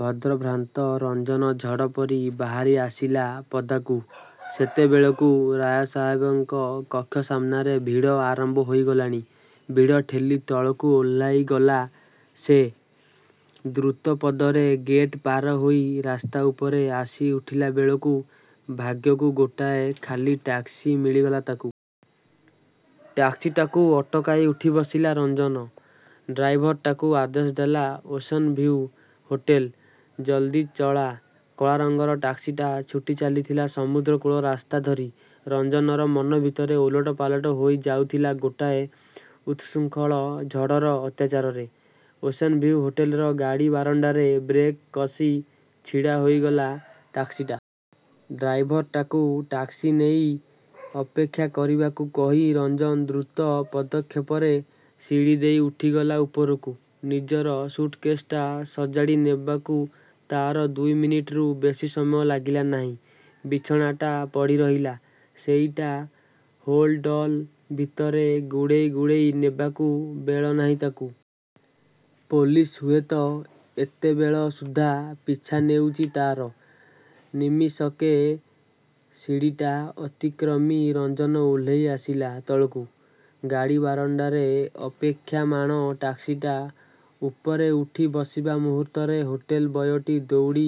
ଭଦ୍ରଭ୍ରାନ୍ତ ରଞ୍ଜନ ଝଡ଼ ପରି ବାହାରି ଆସିଲା ପଦାକୁ। ସେତେବେଳକୁ ରାୟସାହେବଙ୍କ କକ୍ଷ ସାମ୍ନାରେ ଭିଡ଼ ଆରମ୍ଭ ହୋଇଗଲାଣି। ଭିଡ଼ ଠେଲି ତଳକୁ ଓହ୍ଲାଇଗଲା ସେ। ଦ୍ରୁତପଦରେ ଗେଟ୍ ପାର ହୋଇ ରାସ୍ତା ଉପରେ ଆସି ଉଠିଲାବେଳକୁ ଭାଗ୍ୟକୁ ଗୋଟାଏ ଖାଲି ଟାକ୍ସି ମିଳିଗଲା ତାକୁ। ଟାକ୍ସିଟାକୁ ଅଟକାଇ ଉଠି ବସିଲା ରଞ୍ଜନ। ଡ୍ରାଇଭରଟାକୁ ଆଦେଶ ଦେଲା ଓସେନଭିଉ ହୋଟେଲ। ଜଲଦି ଚଳା। କଳାରଙ୍ଗର ଟାକ୍ସିଟା ଛୁଟି ଚାଲିଥିଲା ସମୁଦ୍ରକୂଳ ରାସ୍ତା ଧରି। ରଞ୍ଜନର ମନ ଭିତର ଓଲଟପାଲଟ ହୋଇ ଯାଉଥିଲା ଗୋଟାଏ ଉତ୍ଶୃଙ୍ଖଳ ଝଡ଼ର ଅତ୍ୟାଚାରରେ। ଓସେନ ଭିଉ ହୋଟେଲର ଗାଡ଼ିବାରଣ୍ତାରେ ବ୍ରେକ କସି ଛିଡ଼ା ହୋଇଗଲା ଟାକ୍ସିଟା। ଡ୍ରାଇଭରଟାକୁ ଟାକ୍ସି ନେଇ ଅପେକ୍ଷା କରିବାକୁ କହି ରଞ୍ଜନ ଦ୍ରୁତ ପଦକ୍ଷେପରେ ସିଡ଼ିଦେଇ ଉଠିଗଲା ଉପରକୁ। ନିଜର ସୁଟକେଶଟା ସଜାଡ଼ି ନେବାକୁ ତାର ଦୁଇମିନିଟରୁ ବେଶି ସମୟ ଲାଗିଲା ନାହିଁ। ବିଛଣାଟା ପଡ଼ି ରହିଲା। ସେଇଟା ହୋଲ୍ଡ଼ଅଲ ଭିତରେ ଗୁଡ଼େଇ ଗୁଡ଼େଇ ନେବାକୁ ବେଳନାହିଁ ତାକୁ। ପୋଲିସ୍ ହୁଏତ ଏତେବେଳ ସୁଦ୍ଧା ପିଛା ନେଉଚି ତା'ର। ନିମିଷକେ ସିଡ଼ିଟା ଅତିକ୍ରମି ରଞ୍ଜନ ଓହ୍ଲେଇ ଆସିଲା ତଳକୁ। ଗାଡ଼ିବାରଣ୍ତାରେ ଅପେକ୍ଷାମାଣ ଟାକ୍ସିଟା ଉପରେଉଠି ବସିବା ମୁହୂର୍ତ୍ତରେ ହୋଟେଲ ବୟଟି, ଦଉଡ଼ି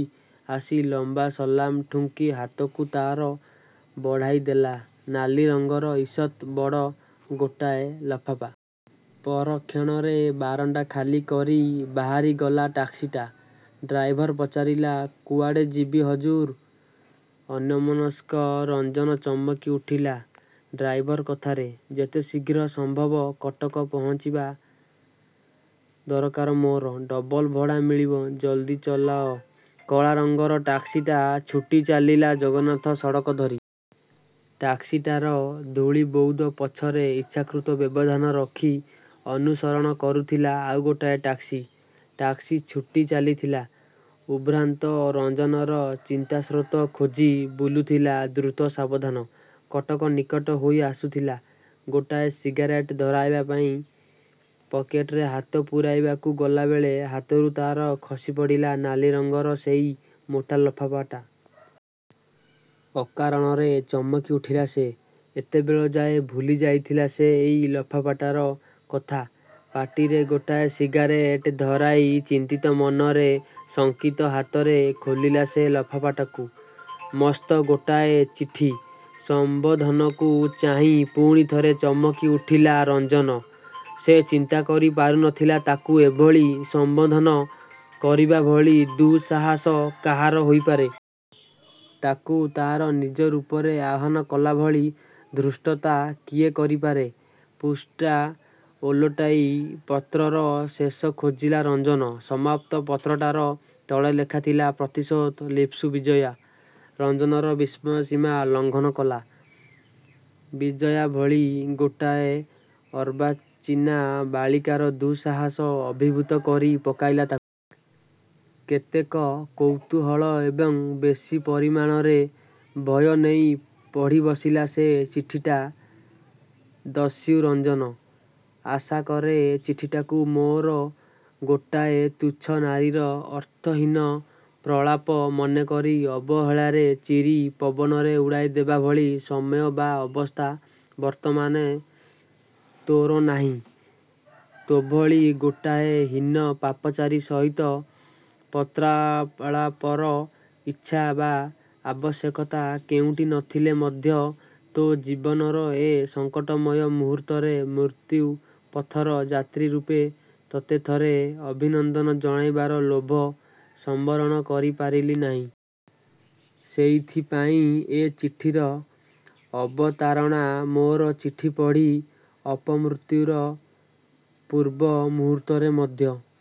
ଆସି ଲମ୍ଵା ସଲାମ ଠୁଙ୍କି ହାତକୁ ତାର ବଢ଼ାଇଦେଲା ନାଲି ରଙ୍ଗର ଇଷତ୍ ବଡ଼ ଗୋଟାଏ ଲଫାପା। ପରକ୍ଷଣରେ ବାରଣ୍ତା ଖାଲି କରି ବାହାରିଗଲା ଟାକ୍ସିଟା। ଡ୍ରାଇଭର ପଚାରିଲା। କୁଆଡ଼େ ଯିବି ହଜୁର। ଅନ୍ୟମନସ୍କ ରଞ୍ଜନ ଚମକି ଉଠିଲା ଡ୍ରାଇଭର କଥାରେ। ଯେତେଶିଘ୍ର ସମ୍ଭବ କଟକ ପହଞ୍ଚିବା ଦରକାର ମୋର। ଡବଲ ଭଡ଼ା ମିଳିବ। ଜଲଦି ଚଲାଅ। କଳାରଙ୍ଗର ଟାକ୍ସିଟା ଛୁଟି ଚାଲିଲା ଜଗନ୍ନାଥ ସଡ଼କ ଧରି। ଟାକ୍ସିଟାର ଧୂଳି ବଉଦ ପଛରେ, ଇଚ୍ଛାକୃତ ବ୍ୟବଧାନ ରଖି ଅନୁସରଣ କରୁଥିଲା ଆଉ ଗୋଟାଏ ଟାକ୍ସି। ଟାକ୍ସି ଛୁଟି ଚାଲିଥିଲା। ଉଦ୍ଭ୍ରାନ୍ତ ରଞ୍ଜନର ଚିନ୍ତାସ୍ରୋତ ଖୋଜି ବୁଲୁଥିଲା ଦ୍ରୁତ ସାବଧାନ। କଟକ ନିକଟ ହୋଇ ଆସୁଥିଲା। ଗୋଟାଏ ସିଗାରେଟ ଧରାଇବା ପାଇଁ ପକେଟରେ ହାତ ପୁରାଇବାକୁ ଗଲାବେଳେ ହାତରୁ ତା'ର ଖସି ପଡ଼ିଲା ନାଲି ରଙ୍ଗର ସେଇ ମୋଟା ଲଫାଫାଟା। ଅକାରଣରେ ଚମକି ଉଠିଲା ସେ। ଏତେବେଳଯାଏ ଭୁଲି ଯାଇଥିଲା ସେ ଏଇ ଲଫାପାଟାର କଥା। ପାଟିରେ ଗୋଟାଏ ସିଗାରେଟ ଧରାଇ ଚିନ୍ତିତ ମନରେ ଶଙ୍କିତ ହାତରେ ଖୋଲିଲା ସେ ଲଫାପାଟାକୁ। ମସ୍ତ ଗୋଟାଏ ଚିଠି। ସଂବୋଧନକୁ ଚାହିଁ ପୁଣିଥରେ ଚମକି ଉଠିଲା ରଞ୍ଜନ। ସେ ଚିନ୍ତା କରି ପାରୁ ନ ଥିଲା ତାକୁ ଏଭଳି ସମ୍ଵୋଧନ କରିବାଭଳି ଦୁଃ-ସାହସ କାହାର ହୋଇପାରେ। ତାକୁ ତା'ର ନିଜ ରୂପରେ ଆହ୍ଵାନ କଲାଭଳି ଧୃଷ୍ଟତା କିଏ କରିପାରେ? ପୃଷ୍ଠା ଓଲଟାଇ ପତ୍ରର ଶେଷ ଖୋଜିଲା ରଞ୍ଜନ। ସମାପ୍ତ ପତ୍ରଟାର ତଳେ ଲେଖାଥିଲା ପ୍ରତିଶୋଧ ଲିପ୍ସୁ ବିଜୟା। ରଞ୍ଜନର ବିସ୍ମୟ ସୀମା ଲଘଂନ କଲା। ବିଜୟା ଭଲି ଗୋଟାଏ ଅର୍ବାଚିନା ବାଳିକାର ଦୁଃସାହସ ଅଭିଭୂତ କରି ପକାଇଲା ତାକୁ। କେତେକ କୌତୂହଳ ଏବଂ ବେଶି ପରିମାଣରେ ଭୟ ନେଇ ପଢ଼ିବସିଲା ସେ ଚିଠିଟା ଦସ୍ୟୁ ରଞ୍ଜନ,। ଆଶାକରେ ଚିଠିଟାକୁ ମୋର ଗୋଟାଏ ତୁଚ୍ଛ ନାରୀର ଅର୍ଥହୀନ ପ୍ରଳାପ ମନେକରି, ଅବହେଳାରେ ଚିରି ପବନରେ ଉଡ଼ାଇ ଦେବାଭଳି ସମୟ ବା ଅବସ୍ଥା ବର୍ତ୍ତମାନ ତୋର ନାହିଁ। ତୋଭଳି ଗୋଟାଏ ହୀନ ପାପଚାରୀ ସହିତ ପତ୍ରାଳାପର ଇଚ୍ଛା ବା ଆବଶ୍ୟକତା କେଉଁଟି ନ ଥିଲେ ମଧ୍ୟ ତୋ ଜୀବନର ଏ ସଙ୍କଟମୟ ମୁହୂର୍ତ୍ତରେ, ମୃତ୍ୟପଥର ଯାତ୍ରୀ ରୂପେ ତୋତେ ଥରେ ଅଭିନନ୍ଦନ ଜଣାଇବାର ଲୋଭ ସମ୍ଵରଣ କରି ପାରିଲି ନାହିଁ। ସେଇଥିପାଇଁ ଏ ଚିଠିର ଅବତାରଣା ମୋର ଚିଠି ପଢ଼ି ଅପମୃତ୍ୟୁର ପୂର୍ବ ମୁହୂର୍ତ୍ତରେ ମଧ୍ୟ -